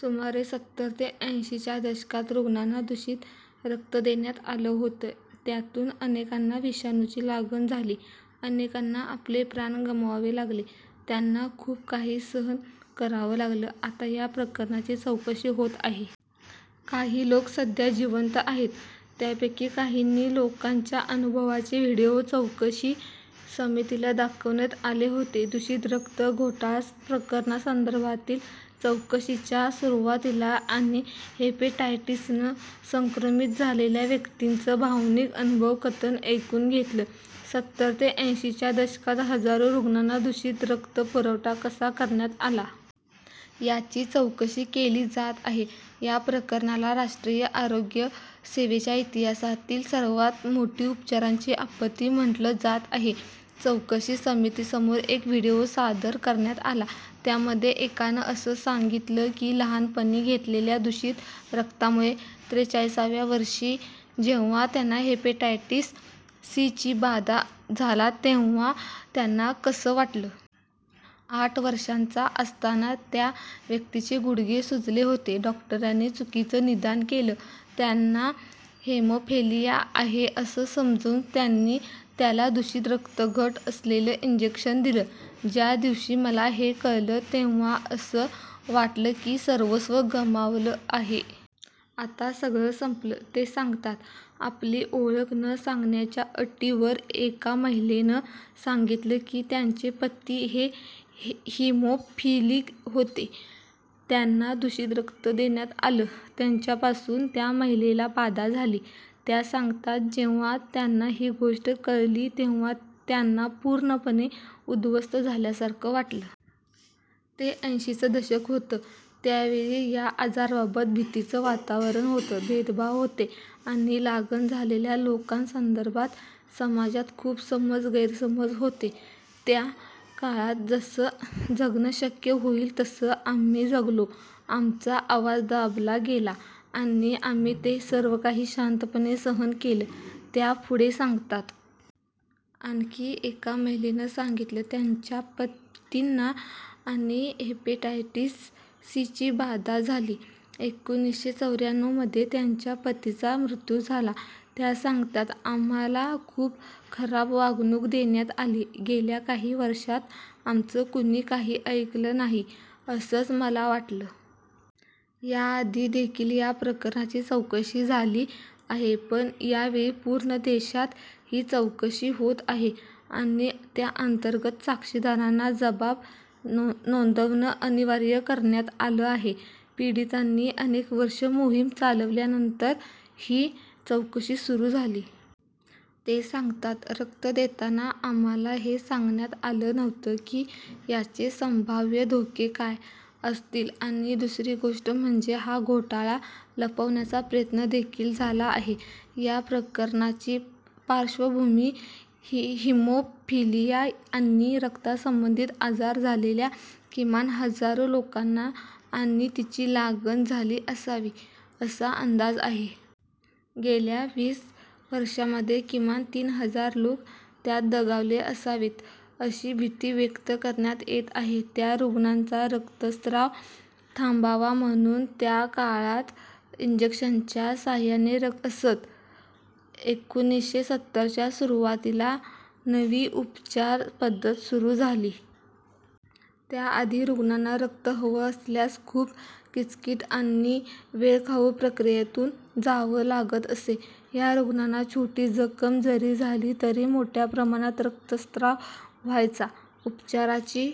सुमारे सत्तर ते ऐंशीच्या दशकात रुग्णांना दूषित रक्त देण्यात आलं होतं. त्यातून अनेकांना विषाणूची लागण झाली. अनेकांना आपले प्राण गमवावे लागले. त्यांना खूप काही सहन करावं लागलं. आता या प्रकरणाची चौकशी होत आहे. काही लोक सध्या जिवंत आहेत. त्यापैकी काहींनी लोकांच्या अनुभवाचे व्हीडिओ चौकशी समितीला दाखवण्यात आले होते. दूषित रक्त घोटाळा प्रकरणासंदर्भातील चौकशीच्या सुरुवातीला आणि हेपेटायटिसनं संक्रमित झालेल्या व्यक्तींचं भावनिक अनुभव कथन ऐकून घेतलं. सत्तर ते ऐंशीच्या दशकात हजारो रुग्णांना दूषित रक्त पुरवठा कसा करण्यात आला. याची चौकशी केली जात आहे. या प्रकरणाला राष्ट्रीय आरोग्य सेवेच्या इतिहासातली सर्वांत मोठी उपचारांची आपत्ती म्हटलं जात आहे. चौकशी समितीसमोर एक व्हिडिओ सादर करण्यात आला. त्यामध्ये एकानं असं सांगितलं की लहानपणी घेतलेल्या दूषित रक्तामुळे त्रेचाळीसाव्या वर्षी जेव्हा त्यांना हेपेटायटिस सी ची बाधा झाला तेव्हा त्यांना कसं वाटलं. आठ वर्षांचा असताना त्या व्यक्तीचे गुडघे सुजले होते. डॉक्टरांनी चुकीचं निदान केलं. त्यांना हेमोफेलिया आहे असं समजून त्यांनी त्याला दूषित रक्तघटक असलेलं इंजेक्शन दिलं. ज्या दिवशी मला हे कळलं तेव्हा असं वाटलं मी सर्वस्व गमावलं आहे. आता सगळं संपलं, ते सांगतात. आपली ओळख न सांगण्याच्या अटीवर एका महिलेनं सांगितलं की त्यांचे पती हे हिमोफिलिक होते. त्यांना दूषित रक्त देण्यात आलं. त्यांच्यापासून त्या महिलेला बाधा झाली. त्या सांगतात जेव्हा त्यांना ही गोष्ट कळली तेव्हा त्यांना पूर्णपणे उद्ध्वस्त झाल्यासारखं वाटलं. ते ऐंशीचं दशक होतं. त्यावेळी या आजाराबाबत भीतीचं वातावरण होतं, भेदभाव होते आणि लागण झालेल्या लोकांसदर्भात समाजात खूप समज गैरसमज होते. त्या काळात जसं जगणं शक्य होईल तसं आम्ही जगलो. आमचा आवाज दाबला गेला आणि आम्ही ते सर्वकाही शांतपणे सहन केलं, त्या पुढे सांगतात. आणखी एका महिलेनं सांगितलं त्यांच्या पतींना आणि हेपेटायटिस सी ची बाधा झाली. एकोणीसशे चौऱ्याण्णवमध्ये त्यांच्या पतीचा मृत्यू झाला. त्या सांगतात, आम्हाला खूप खराब वागणूक देण्यात आली. गेल्या काही वर्षांत आमचं कुणी काही ऐकलं नाही असंच मला वाटतं. याआधी देखील या प्रकरणाची चौकशी झाली आहे. पण यावेळी पूर्ण देशात ही चौकशी होत आहे आणि त्याअंतर्गत साक्षीदारांना जबाब नोंदवणं अनिवार्य करण्यात आलं आहे. पीडितांनी अनेक वर्षं मोहीम चालवल्यानंतर ही चौकशी सुरू झाली. ते सांगतात रक्त देताना आम्हाला हे सांगण्यात आलं नव्हतं की याचे संभाव्य धोके काय असतील आणि दुसरी गोष्ट म्हणजे हा घोटाळा लपवण्याचा प्रयत्न देखील झाला आहे. या प्रकरणाची पार्श्वभूमी हिमोफिलिया आणि रक्तासंबंधित आजार झालेल्या किमान हजारो लोकांना आणि ची लागण झाली असावी असा अंदाज आहे. गेल्या वीस वर्षांमध्ये किमान तीन हजार लोक त्यात दगावले असावेत अशी भीती व्यक्त करण्यात येत आहे. त्या रुग्णांचा रक्तस्राव थांबावा म्हणून त्या काळात इंजेक्शनच्या साहाय्याने रक्तघटक दिले जात असत. एकोणीसशे सत्तरच्या सुरुवातीला नवी उपचार पद्धत सुरू झाली. त्याआधी रुग्णांना रक्त हवं असल्यास खूप किचकिट आणि वेळखाऊ प्रक्रियेतून जावं लागत असे. या रुग्णांना छोटी जखम जरी झाली तरी मोठ्या प्रमाणात रक्तस्राव व्हायचा. उपचाराची